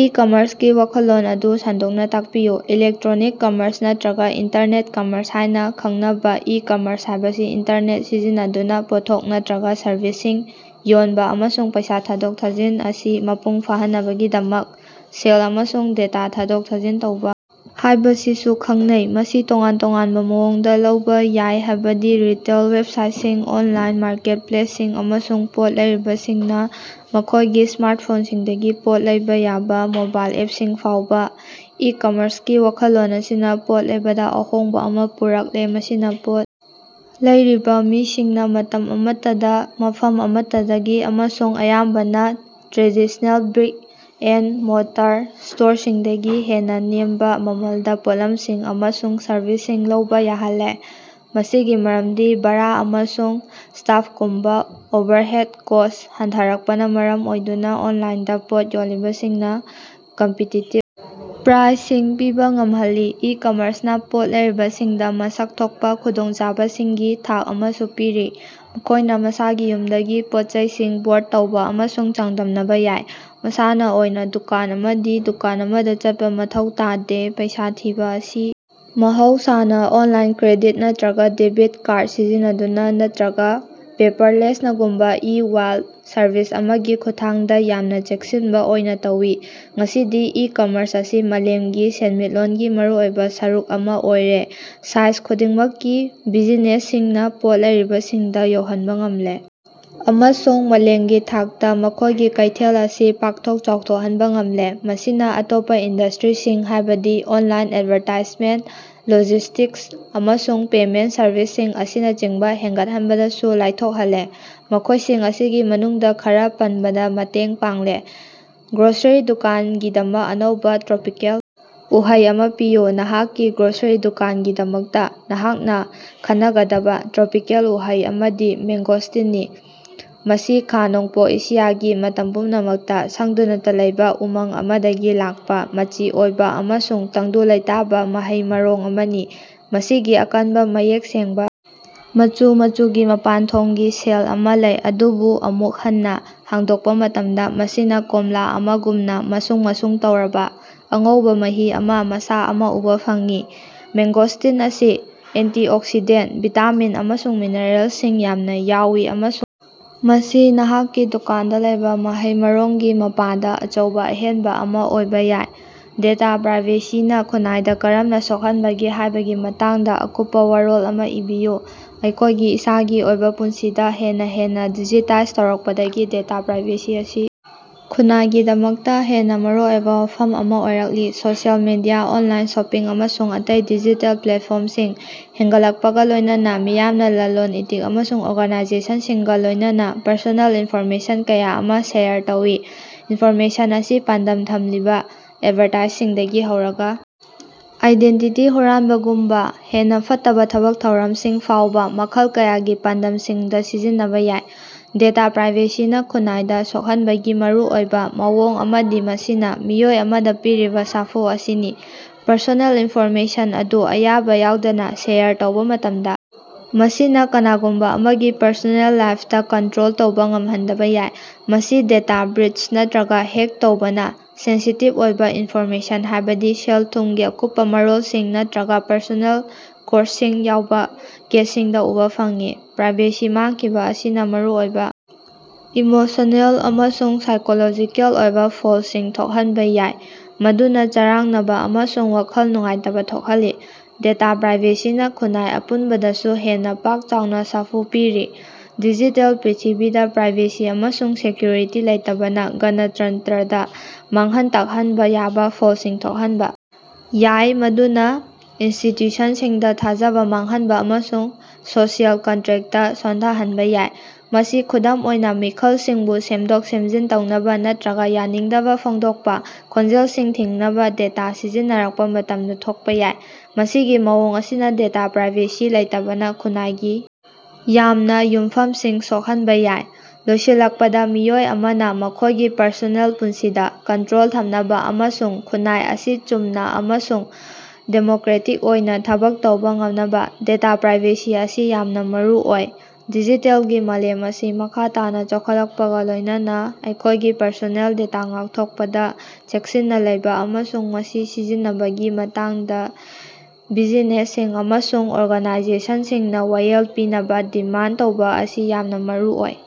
ꯏ-ꯀꯃꯔ꯭ꯁꯀꯤ ꯋꯥꯈꯜꯂꯣꯟ ꯑꯗꯨ ꯁꯟꯗꯣꯛꯅꯥ ꯇꯥꯛꯄꯤꯌꯨ꯫ ꯏꯂꯦꯛꯇꯔꯣꯅꯤꯛ ꯀꯃꯔꯁ ꯅꯠꯇ꯭ꯔꯒ ꯏꯟꯇꯔꯅꯦꯠ ꯀꯃꯔꯁ ꯍꯥꯢꯅ ꯈꯪꯅꯕꯥ ꯏ-ꯀꯃꯔꯁ ꯍꯥꯢꯕꯁꯤ ꯏꯟꯇꯔꯅꯦꯠ ꯁꯤꯖꯤꯟꯅꯗꯨꯅ ꯄꯣꯠꯊꯣꯛ ꯅꯠꯇ꯭ꯔꯒꯥ ꯁꯔꯚꯤꯁꯁꯤꯡ ꯌꯣꯟꯕ ꯑꯃꯁꯨꯡ ꯄꯩꯁꯥ ꯊꯥꯗꯣꯛ ꯊꯥꯖꯤꯟ ꯑꯁꯤ ꯃꯄꯨꯡ ꯐꯥꯍꯟꯅꯕꯒꯤꯗꯃꯛ ꯁꯦꯜ ꯑꯃꯁꯨꯡ ꯗꯦꯇꯥ ꯊꯥꯗꯣꯛ ꯊꯥꯖꯤꯟ ꯇꯧꯕꯥ ꯍꯥꯢꯕꯁꯤꯕꯨ ꯈꯪꯅꯩ꯫ ꯃꯁꯤ ꯇꯣꯉꯥꯟ-ꯇꯣꯉꯥꯟꯕ ꯃꯑꯣꯡꯗ ꯂꯧꯕꯥ ꯌꯥꯏ ꯍꯥꯢꯕꯗꯤ ꯔꯤꯇꯦꯜ ꯋꯦꯕꯁꯥꯏꯇꯁꯤꯡ, ꯑꯣꯅꯂꯥꯏꯟ ꯃꯥꯔꯀꯦꯠꯄ꯭ꯂꯦꯁꯁꯤꯡ ꯑꯃꯁꯨꯡ ꯄꯣꯠ ꯂꯩꯔꯤꯕꯁꯤꯡꯅ ꯃꯈꯣꯢꯒꯤ ꯁ꯭ꯃꯥꯔꯇꯐꯣꯟꯁꯤꯡꯗꯒꯤ ꯄꯣꯠ ꯂꯩꯕꯥ ꯌꯥꯕ ꯃꯣꯕꯥꯏꯜ ꯑꯦꯄꯁꯤꯡ ꯐꯥꯎꯕ꯫ ꯏ-ꯀꯃꯔꯁꯀꯤ ꯋꯥꯈꯜꯂꯣꯟ ꯑꯁꯤꯅ ꯄꯣꯠ ꯂꯩꯕꯗ ꯑꯍꯣꯡꯕ ꯑꯃ ꯄꯨꯔꯛꯂꯦ ꯃꯁꯤꯅ ꯄꯣꯠ ꯂꯩꯔꯤꯕ ꯃꯤꯁꯤꯡꯅ ꯃꯇꯝ ꯑꯃꯠꯇꯗ ꯃꯐꯝ ꯑꯃꯠꯇꯗꯒꯤ ꯑꯃꯁꯨꯡ ꯑꯌꯥꯝꯕꯅ ꯇ꯭ꯔꯦꯗꯤꯁꯅꯦꯜ ꯕ꯭ꯔꯤꯛ-ꯑꯦꯟꯗ-ꯃꯣꯔꯇꯔ ꯁ꯭ꯇꯣꯔꯁꯤꯡꯗꯒꯤ ꯍꯦꯟꯅ ꯅꯦꯝꯕ ꯃꯃꯜꯗ ꯄꯣꯠꯂꯝꯁꯤꯡ ꯑꯃꯁꯨꯡ ꯁꯔꯕꯤꯁꯁꯤꯡ ꯂꯧꯕꯥ ꯌꯥꯍꯜꯂꯦ꯫ ꯃꯁꯤꯒꯤ ꯃꯔꯝꯗꯤ ꯚꯥꯔꯥ ꯑꯃꯁꯨꯡ ꯁ꯭ꯇꯥꯐꯒꯨꯝꯕ ꯑꯣꯚꯔꯍꯦꯗ ꯀꯣꯁ꯭ꯠ ꯍꯟꯊꯔꯛꯄꯅ ꯃꯔꯝ ꯑꯣꯏꯗꯨꯅ ꯑꯣꯅꯂꯥꯏꯟꯗ ꯄꯣꯠ ꯌꯣꯜꯂꯤꯕꯁꯤꯡꯅ ꯀꯝꯄꯤꯇꯤꯇꯤꯕ ꯄ꯭ꯔꯥꯏꯁꯤꯡ ꯄꯤꯕꯥ ꯉꯝꯍꯜꯂꯤ꯫ ꯏ-ꯀꯝꯃꯔꯁꯅ ꯄꯣꯠ ꯂꯩꯔꯤꯕꯁꯤꯡꯗ ꯃꯁꯛ ꯊꯣꯛꯄꯥ ꯈꯨꯗꯣꯡꯆꯥꯕꯁꯤꯡꯒꯤ ꯊꯥꯛ ꯑꯃꯁꯨ ꯄꯤꯔꯤ ꯃꯈꯣꯢꯅ ꯃꯁꯥꯒꯤ ꯌꯨꯝꯗꯒꯤ ꯄꯣꯠꯆꯩꯁꯤꯡ ꯕ꯭ꯔꯣꯗ ꯇꯧꯕꯥ ꯑꯃꯁꯨꯡ ꯆꯥꯡꯗꯝꯅꯕ ꯌꯥꯏ ꯃꯁꯥꯅ ꯑꯣꯏꯅꯥ ꯗꯨꯀꯥꯟ ꯑꯃꯗꯒꯤ ꯗꯨꯀꯥꯟ ꯑꯃꯗ ꯆꯠꯄꯥ ꯃꯊꯧ ꯇꯥꯗꯦ꯫ ꯄꯩꯁꯥ ꯊꯤꯕ ꯑꯁꯤ ꯃꯍꯧꯁꯥꯅ ꯑꯣꯅꯂꯥꯏꯟꯗ ꯀ꯭ꯔꯦꯗꯤꯠ ꯅꯠꯇ꯭ꯔꯒ ꯗꯦꯕꯤꯠ ꯀꯥꯔꯗ ꯁꯤꯖꯤꯟꯅꯗꯨꯅ ꯅꯠꯇ꯭ꯔꯒ ꯄꯦꯄꯔꯂꯦꯁꯅꯒꯨꯝꯕ ꯏ-ꯋꯥꯂꯦꯠ ꯁꯔꯚꯤꯁ ꯑꯃꯒꯤ ꯈꯨꯠꯊꯥꯡꯗ ꯌꯥꯝꯅ ꯆꯦꯛꯁꯤꯟꯕ ꯑꯣꯏꯅ ꯇꯧꯏ꯫ ꯉꯁꯤꯗꯤ ꯏ-ꯀꯃꯔꯁ ꯑꯁꯤ ꯃꯥꯂꯦꯝꯒꯤ ꯁꯦꯟꯃꯤꯠꯂꯣꯟꯒꯤ ꯃꯔꯨꯑꯣꯏꯕ ꯁꯔꯨꯛ ꯑꯃꯥ ꯑꯣꯏꯔꯦ ꯁꯥꯏꯖ ꯈꯨꯗꯤꯡꯃꯛꯀꯤ ꯕꯤꯖꯤꯅꯦꯁꯁꯤꯡꯅ ꯄꯣꯠ ꯂꯩꯔꯤꯕꯁꯤꯡꯗ ꯌꯧꯍꯟꯕ ꯉꯝꯂꯦ ꯑꯃꯁꯨꯡ ꯃꯥꯂꯦꯝꯒꯤ ꯊꯥꯛꯇ ꯃꯈꯣꯢꯒꯤ ꯀꯩꯊꯦꯜ ꯑꯁꯤ ꯄꯥꯛꯊꯣꯛ ꯆꯥꯎꯊꯣꯛꯍꯟꯕ ꯉꯝꯂꯦ꯫ ꯃꯁꯤꯅꯥ ꯑꯇꯣꯞꯄ ꯏꯟꯗꯁꯇ꯭ꯔꯤꯁꯤꯡ ꯍꯥꯢꯕꯗꯤ ꯑꯣꯟꯂꯥꯏꯟ ꯑꯦꯗꯚꯥꯔꯇꯥꯏꯖꯃꯦꯟꯇ, ꯂꯣꯖꯤꯁ꯭ꯇꯤꯛꯁ ꯑꯃꯁꯨꯡ ꯄꯦꯃꯦꯟꯇ ꯁꯔꯕꯤꯁꯁꯤꯡ ꯑꯁꯤꯅꯆꯤꯡꯕ ꯍꯦꯟꯒꯠꯍꯟꯕꯗꯁꯨ ꯂꯥꯏꯊꯣꯛꯍꯜꯂꯦ ꯃꯈꯣꯢꯁꯤꯡ ꯑꯁꯤꯒꯤ ꯃꯅꯨꯡꯗ ꯈꯔ ꯄꯟꯕꯗ ꯃꯇꯦꯡ ꯄꯥꯡꯂꯦ꯫ ꯒ꯭ꯔꯣꯁꯔꯤ ꯗꯨꯀꯥꯟꯒꯤꯗꯃꯛ ꯑꯅꯧꯕꯥ ꯇ꯭ꯔꯣꯄꯤꯀꯦꯜ ꯎꯍꯩ ꯑꯃ ꯄꯤꯌꯨ꯫ ꯅꯍꯥꯛꯀꯤ ꯒ꯭ꯔꯣꯁꯔꯤ ꯗꯨꯀꯥꯟꯒꯤꯗꯃꯛꯇ ꯅꯍꯥꯛꯅ ꯈꯟꯅꯒꯗꯕ ꯇ꯭ꯔꯣꯄꯤꯀꯦꯜ ꯎꯍꯩ ꯑꯃꯗꯤ ꯃꯦꯡꯒꯣꯁꯇꯤꯟꯅꯤ꯫ ꯃꯁꯤ ꯈꯥ-ꯅꯣꯡꯄꯣꯛ ꯑꯦꯁꯤꯌꯥꯒꯤ ꯃꯇꯝ ꯄꯨꯝꯅꯃꯛꯇ ꯁꯪꯗꯨꯅꯇ ꯂꯩꯕ ꯎꯃꯪ ꯑꯃꯗꯒꯤ ꯂꯥꯛꯄꯥ ꯃꯆꯤ ꯑꯣꯏꯕ ꯑꯃꯁꯨꯡ ꯇꯪꯗꯨ ꯂꯩꯇꯥꯕꯥ ꯃꯍꯩ-ꯃꯔꯣꯡ ꯑꯃꯅꯤ꯫ ꯃꯁꯤꯒꯤ ꯑꯀꯟꯕꯥ ꯃꯌꯦꯛ ꯁꯦꯡꯕꯥ ꯃꯆꯨ ꯃꯆꯨꯒꯤ ꯃꯄꯥꯟꯊꯣꯡꯒꯤ ꯁꯦꯜ ꯑꯃꯥ ꯂꯩ ꯑꯗꯨꯕꯨ ꯑꯃꯨꯛ ꯍꯟꯅ ꯍꯥꯡꯗꯣꯛꯄ ꯃꯇꯝꯗ ꯃꯁꯤꯅꯥ ꯀꯣꯝꯂꯥ ꯑꯃꯒꯨꯝꯅ ꯃꯁꯨꯡ ꯃꯁꯨꯡ ꯇꯧꯔꯕꯥ ꯑꯉꯧꯕ ꯃꯍꯤ ꯑꯃ ꯃꯁꯥ ꯑꯃ ꯎꯕ ꯐꯪꯏ꯫ ꯃꯦꯡꯒꯣꯁꯇꯤꯟ ꯑꯁꯤ ꯑꯦꯟꯇꯤꯑꯣꯛꯁꯤꯗꯦꯟꯇ, ꯚꯤꯇꯥꯃꯤꯟ ꯑꯃꯁꯨꯡ ꯃꯤꯅꯔꯦꯜꯁꯤꯡ ꯌꯥꯝꯅ ꯌꯥꯎꯏ ꯑꯃꯁꯨꯡ ꯃꯁꯤ ꯅꯍꯥꯛꯀꯤ ꯗꯨꯀꯥꯟꯗ ꯂꯩꯕꯥ ꯃꯍꯩ-ꯃꯔꯣꯡꯒꯤ ꯃꯄꯥꯗ ꯑꯆꯧꯕ ꯑꯍꯦꯟꯕ ꯑꯃ ꯑꯣꯏꯕ ꯌꯥꯏ꯫ ꯗꯦꯇꯥ ꯄ꯭ꯔꯥꯏꯚꯦꯁꯤꯅ ꯈꯨꯟꯅꯥꯏꯗ ꯀꯔꯝꯅ ꯁꯣꯛꯍꯟꯕꯒꯦ ꯍꯥꯢꯕꯒꯤ ꯃꯇꯥꯡꯗ ꯑꯀꯨꯞꯄ ꯋꯥꯔꯣꯜ ꯑꯃ ꯏꯕꯤꯌꯨ꯫ ꯑꯩꯈꯣꯢꯒꯤ ꯏꯁꯥꯒꯤ ꯑꯣꯏꯕ ꯄꯨꯟꯁꯤꯗ ꯍꯦꯟꯅ ꯍꯦꯟꯅ ꯗꯤꯖꯤꯇꯥꯏꯖ ꯇꯧꯔꯛꯄꯗꯒꯤ ꯗꯦꯇꯥ ꯄ꯭ꯔꯥꯏꯚꯦꯁꯤ ꯑꯁꯤ ꯈꯨꯟꯅꯥꯏꯒꯤꯗꯃꯛꯇ ꯍꯦꯟꯅ ꯃꯔꯨꯑꯣꯏꯕ ꯋꯥꯐꯝ ꯑꯃ ꯑꯣꯏꯔꯛꯂꯤ꯫ ꯁꯣꯁꯤꯑꯦꯜ ꯃꯤꯗꯤꯌꯥ, ꯑꯣꯅꯂꯥꯏꯟ ꯁꯣꯄꯤꯡ, ꯑꯃꯁꯨꯡ ꯑꯇꯩ ꯗꯤꯖꯤꯇꯦꯜ ꯄ꯭ꯂꯦꯇꯐꯣꯔꯃꯁꯤꯡ ꯍꯦꯟꯒꯠꯂꯛꯄꯒ ꯂꯣꯢꯅꯅ ꯃꯤꯌꯥꯝꯅ ꯂꯂꯣꯟ-ꯏꯇꯤꯛ ꯑꯃꯁꯨꯡ ꯑꯣꯔꯒꯥꯅꯥꯏꯖꯦꯁꯟꯁꯤꯡꯒ ꯂꯣꯢꯅꯅꯥ ꯄꯔꯁꯣꯅꯦꯜ ꯏꯅꯐꯣꯔꯃꯦꯁꯟ ꯀꯌꯥ ꯑꯃ ꯁꯦꯌꯔ ꯇꯧꯏ꯫ ꯏꯅꯐꯣꯔꯃꯦꯁꯟ ꯑꯁꯤ ꯄꯥꯟꯗꯝ ꯊꯝꯂꯤꯕ ꯑꯦꯗꯚꯥꯔꯇꯥꯏꯖꯤꯡꯗꯒꯤ ꯍꯧꯔꯒ ꯑꯥꯏꯗꯦꯟꯇꯤꯇꯤ ꯍꯨꯔꯥꯟꯕꯒꯨꯝꯕ ꯍꯦꯟꯅ ꯐꯠꯇꯕ ꯊꯕꯛ ꯊꯧꯔꯝꯁꯤꯡ ꯐꯥꯎꯕ ꯃꯈꯜ ꯀꯌꯥꯒꯤ ꯄꯥꯟꯗꯝꯁꯤꯡꯗ ꯁꯤꯖꯤꯟꯅꯕ ꯌꯥꯏ꯫ ꯗꯦꯇꯥ ꯄ꯭ꯔꯥꯏꯚꯦꯁꯤꯅꯥ ꯈꯨꯟꯅꯥꯏꯗ ꯁꯣꯛꯍꯟꯕꯒꯤ ꯃꯔꯨꯑꯣꯏꯕ ꯃꯑꯣꯡ ꯑꯃꯗꯤ ꯃꯁꯤꯅ ꯃꯤꯑꯣꯏ ꯑꯃꯗ ꯄꯤꯔꯤꯕ ꯁꯥꯐꯨ ꯑꯁꯤꯅꯤ꯫ ꯄꯔꯁꯣꯅꯦꯜ ꯏꯟꯐꯣꯔꯃꯦꯁꯟ ꯑꯗꯨ ꯑꯌꯥꯕ ꯌꯥꯎꯗꯅ ꯁꯦꯌꯔ ꯇꯧꯕ ꯃꯇꯝꯗꯥ ꯃꯁꯤꯅꯥ ꯀꯅꯥꯒꯨꯝꯕ ꯑꯃꯒꯤ ꯄꯔꯁꯣꯅꯦꯜ ꯂꯥꯏꯐꯇ ꯀꯟꯇ꯭ꯔꯣꯜ ꯇꯧꯕ ꯉꯝꯍꯟꯗꯕ ꯌꯥꯏ꯫ ꯃꯁꯤ ꯗꯦꯇꯥ ꯕ꯭ꯔꯤꯆ ꯅꯠꯇ꯭ꯔꯒ ꯍꯦꯛ ꯇꯧꯕꯅ ꯁꯦꯟꯁꯤꯇꯤꯚ ꯑꯣꯏꯕ ꯏꯟꯐꯣꯔꯃꯦꯁꯟ ꯍꯥꯢꯕꯗꯤ ꯁꯦꯜ-ꯊꯨꯝꯒꯤ ꯑꯀꯨꯞꯄ ꯃꯔꯣꯜꯁꯤꯡ ꯅꯠꯇ꯭ꯔꯒ ꯄꯔꯁꯣꯅꯦꯜ ꯀꯣꯔꯁꯁꯤꯡ ꯌꯥꯎꯕ ꯀꯦꯁꯁꯤꯡꯗ ꯎꯕ ꯐꯪꯏ꯫ ꯄ꯭ꯔꯥꯏꯚꯦꯁꯤ ꯃꯥꯡꯈꯤꯕ ꯑꯁꯤꯅ ꯃꯔꯨꯑꯣꯏꯕ ꯏꯃꯣꯁꯅꯦꯜ ꯑꯃꯁꯨꯡ ꯁꯥꯏꯀꯣꯂꯣꯖꯤꯀꯦꯜ ꯑꯣꯏꯕ ꯐꯜꯁꯤꯡ ꯊꯣꯛꯍꯟꯕ ꯌꯥꯏ ꯃꯗꯨꯅ ꯆꯔꯥꯡꯅꯕ ꯑꯃꯁꯨꯡ ꯋꯥꯈꯜ ꯅꯨꯡꯉꯥꯏꯇꯕ ꯊꯣꯛꯍꯜꯂꯤ꯫ ꯗꯦꯇꯥ ꯄ꯭ꯔꯥꯏꯚꯦꯁꯤꯅ ꯈꯨꯟꯅꯥꯏ ꯑꯄꯨꯟꯕꯗꯁꯨ ꯍꯦꯟꯅ ꯄꯥꯛ-ꯆꯥꯎꯅ ꯁꯥꯐꯨ ꯄꯤꯔꯤ꯫ ꯗꯤꯖꯤꯇꯦꯜ ꯄ꯭ꯔꯤꯊꯤꯕꯤꯗ ꯄ꯭ꯔꯥꯏꯚꯦꯁꯤ ꯑꯃꯁꯨꯡ ꯁꯦꯀ꯭ꯌꯨꯔꯤꯇꯤ ꯂꯩꯇꯕꯅ ꯒꯅꯇꯟꯇ꯭ꯔꯗ ꯃꯥꯡꯍꯟ ꯇꯥꯛꯍꯟꯕ ꯌꯥꯕꯥ ꯐꯜꯁꯤꯡ ꯊꯣꯛꯍꯟꯕ ꯌꯥꯏ ꯃꯗꯨꯅ ꯏꯟꯁꯇꯤꯇ꯭ꯌꯨꯁꯟꯁꯤꯡꯗ ꯊꯥꯖꯕ ꯃꯥꯡꯍꯟꯕ ꯑꯃꯁꯨꯡ ꯁꯣꯁꯤꯑꯦꯜ ꯀꯟꯇ꯭ꯔꯦꯛꯇ ꯁꯣꯟꯊꯍꯟꯕꯥ ꯌꯥꯏ꯫ ꯃꯁꯤ ꯈꯨꯗꯝ ꯑꯣꯏꯅ ꯃꯤꯈꯜꯁꯤꯡꯕꯨ ꯁꯦꯝꯗꯣꯛ-ꯁꯦꯝꯖꯤꯟ ꯇꯧꯅꯕ ꯅꯠꯇ꯭ꯔꯒꯥ ꯌꯥꯅꯤꯡꯗꯕ ꯐꯣꯡꯗꯣꯛꯄꯥ ꯈꯣꯟꯖꯦꯜꯁꯤꯡ ꯊꯤꯡꯅꯕ ꯗꯦꯇꯥ ꯁꯤꯖꯤꯟꯅꯔꯛꯄꯥ ꯃꯇꯝꯗ ꯊꯣꯛꯄꯥ ꯌꯥꯏ꯫ ꯃꯁꯤꯒꯤ ꯃꯑꯣꯡ ꯑꯁꯤꯅꯥ ꯗꯦꯇꯥ ꯄ꯭ꯔꯥꯏꯚꯦꯁꯤ ꯂꯩꯇꯕꯅ ꯈꯨꯟꯅꯥꯏꯒꯤ ꯌꯥꯝꯅ ꯌꯨꯝꯐꯝꯁꯤꯡ ꯁꯣꯛꯍꯟꯕꯥ ꯌꯥꯏ꯫ ꯂꯣꯏꯁꯤꯜꯂꯛꯄꯗ ꯃꯤꯑꯣꯏ ꯑꯃꯅ ꯃꯈꯣꯢꯒꯤ ꯄꯔꯁꯣꯅꯦꯜ ꯄꯨꯟꯁꯤꯗ ꯀꯟꯇ꯭ꯔꯣꯜ ꯊꯝꯅꯕ ꯑꯃꯁꯨꯡ ꯈꯨꯟꯅꯥꯏ ꯑꯁꯤ ꯆꯨꯝꯅ ꯑꯃꯁꯨꯡ ꯗꯦꯃꯣꯀ꯭ꯔꯦꯇꯤꯛ ꯑꯣꯏꯅ ꯊꯕꯛ ꯇꯧꯕ ꯉꯝꯅꯕ ꯗꯦꯇꯥ ꯄ꯭ꯔꯥꯏꯚꯦꯁꯤ ꯑꯁꯤ ꯌꯥꯝꯅ ꯃꯔꯨꯑꯣꯏ꯫ ꯗꯤꯖꯤꯇꯦꯜꯒꯤ ꯃꯥꯂꯦꯝ ꯑꯁꯤ ꯃꯈꯥ ꯇꯥꯅꯥ ꯆꯥꯎꯈꯠꯂꯛꯄꯒ ꯂꯣꯢꯅꯅꯥ ꯑꯩꯈꯣꯢꯒꯤ ꯄꯔꯁꯣꯅꯦꯜ ꯗꯦꯇꯥ ꯉꯥꯛꯊꯣꯛꯄꯗ ꯆꯦꯛꯁꯤꯟꯅ ꯂꯩꯕꯥ ꯑꯃꯁꯨꯡ ꯃꯁꯤ ꯁꯤꯖꯤꯟꯅꯕꯒꯤ ꯃꯇꯥꯡꯗ ꯕꯤꯖꯤꯅꯦꯁꯁꯤꯡ ꯑꯃꯁꯨꯡ ꯑꯣꯔꯒꯅꯥꯏꯖꯦꯁꯟꯁꯤꯡꯅ ꯋꯥꯌꯦꯜ ꯄꯤꯅꯕ ꯗꯤꯃꯥꯟꯗ ꯇꯧꯕꯥ ꯑꯁꯤ ꯌꯥꯝꯅꯥ ꯃꯔꯨꯑꯣꯏ꯫